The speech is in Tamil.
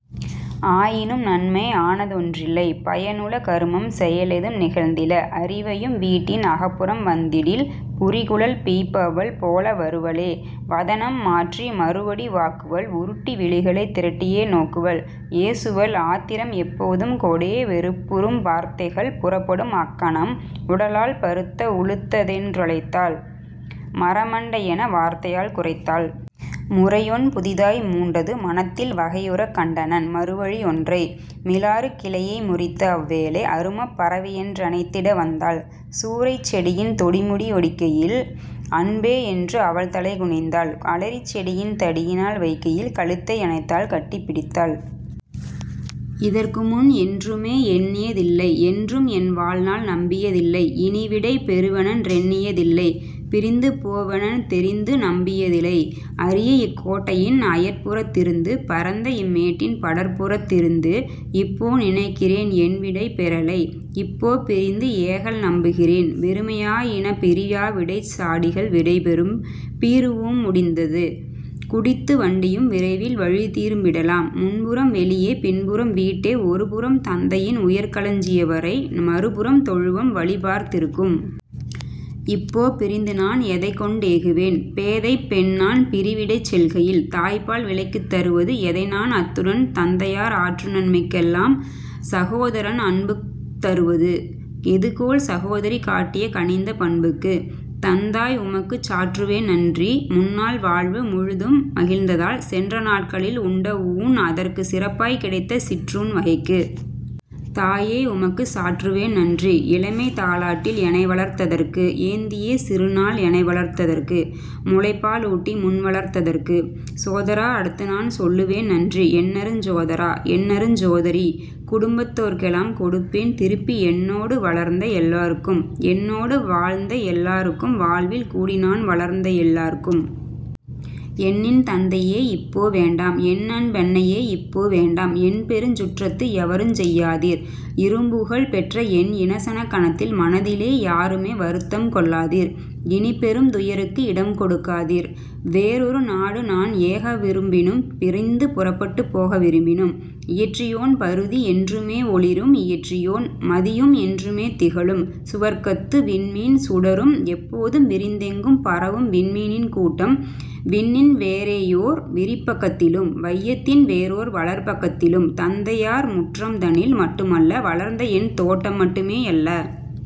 ஆயினும் நன்மை ஆனதொன் றில்லை। பயனுள கருமம் செயலெதும் நிகழ்ந்தில; அரிவையும் வீட்டின் அகப்புறம் வந்திடில் புரிகுழல் பிய்ப்பவள் போல வருவளே வதனம் மாற்றி மறுவடி வாக்குவள் உருட்டி விழிகளைத் திரட்டியே நோக்குவள் ஏசுவள் ஆத்திரம் எப்போதும் கொடே வெறுப்புறும் வார்த்தைகள் புறப்படும் அக்கணம் உடலால் பருத்த உலுத்தனென் றழைத்தாள் மரமண் டையென வார்த்தையால் குரைத்தாள். முறையொன் புதிதாய் மூண்டது மனத்தில் வகையுறக் கண்டனன் மறுவழி யொன்றை: மிலாறுக் கிளையை முறித்தஅவ் வேளை அருமப் பறவையென் றணைத்திட வந்தாள்; சூரைச் செடியின் தொடுமுடி யொடிக்கையில் அன்பே யென்று அவள்தலை குனிந்தாள்; அலரிச் செடியின் தடியினால் வைக்கையில் கழுத்தை யணைத்தாள் கட்டி பிடித்தாள். " இதற்குமுன் என்றுமே எண்ணிய தில்லை என்றும்என் வாழ்நாள் நம்பிய தில்லை இனிவிடை பெறுவனென் றெண்ணிய தில்லை பிரிந்துபோ வேனெனத் தெரிந்துநம் பியதிலை அரியஇக் கோட்டையின் அயற்புறத் திருந்து பரந்த இம்மேட்டின் படர்புயத் திருந்து; இப்போ நினைக்கிறேன் என்விடை பெறலை இப்போ பிரிந்து ஏகல்நம் புகிறேன் வெறுமையா யினபிரி யாவிடைச் சாடிகள் விடைபெறும் 'பீரு'ம் முடிந்தது குடித்து வண்டியும் விரைவில் வழிதிரும் பிடலாம் முன்புறம், வெளியே பின்புறம் வீட்டே ஒருபுறம் தந்தையின் உயர்களஞ் சியவறை மறுபுறம் தொழுவம் வழிபார்த் திருக்கும். இப்போ பிரிந்துநான் எதைக்கொண் டேகுவேன் பேதைப் பெண்நான் பிரிவிடைச் செல்கையில் தாய்ப்பால் விலைக்குத் தருவது எதைநான் அத்துடன் தந்தையார் ஆற்றுநன் மைக்கெலாம் சகோதரன் அன்புக் தருவது எதுகொல் சகோதரி காட்டிய கனிந்த பண்புக்கு? தந்தாய், உமக்குச் சாற்றுவேன் நன்றி முன்னாள் வாழ்வு முழுதும் மகிழ்ந்ததால் சென்றநாட் களில்நான் உண்டஊண் அதற்கு சிறப்பாய்க் கிடைத்த சிற்றுண் வகைக்கு. தாயே, உமக்குச் சாற்றுவேன் நன்றி இளமைதா லாட்டில் எனைவளர்த் ததற்கு ஏந்தியே சிறுநாள் எனைவளர்த் ததற்கு முலைப்பா லுட்டி முன்வளர்த் ததற்கு. சோதரா, அடுத்துநான் சொல்லுவேன் நன்றி என்னருஞ் சோதரா, என்னருஞ் சோதரி, குடும்பத் தோர்க்கெலாம் கொடுப்பேன் திருப்பி என்னோடு வளர்ந்த எல்லா ருக்கும் என்னோடு வாழ்ந்த எல்லா ருக்கும் வாழ்வில் கூடிநான் வளர்ந்தஎல் லார்க்கும். என்இன் தந்தையே இப்போ வேண்டாம் என்அன் பன்னையே இப்போ வேண்டாம் என்பெருஞ் சுற்றத்து எவருஞ்செய் யாதீர் இரும்புகழ் பெற்றஎன் இனசனக் கணத்தில் மனதிலே யாருமே வருத்தம் கொள்ளாதீர் இனிப்பெரும் துயருக்கு இடம்கொடுக் காதீர் வேறொரு நாடுநான் ஏகவிருப் பினும் பிரிந்து புறப்பட்டுப் போக விருப்பினும்! இயற்றியோன் பருதி என்றுமே ஒளிரும் இயற்றியோன் மதியும் என்றுமே திகழும் சுவர்க்கத்து விண்மீன் சுடரும்எப் போதும் விரிந்தெங்கும் பரவும் விண்மீனின் கூட்டம் விண்ணின்வே றேயோர் விரிபக் கத்திலும் வையத்தின் வேறோர் வளர்பக் கத்திலும் தந்தையார் முற்றம் தனில் மட்டுமல்ல வளர்ந்தஎன் தோட்டம் மட்டுமே யல்ல.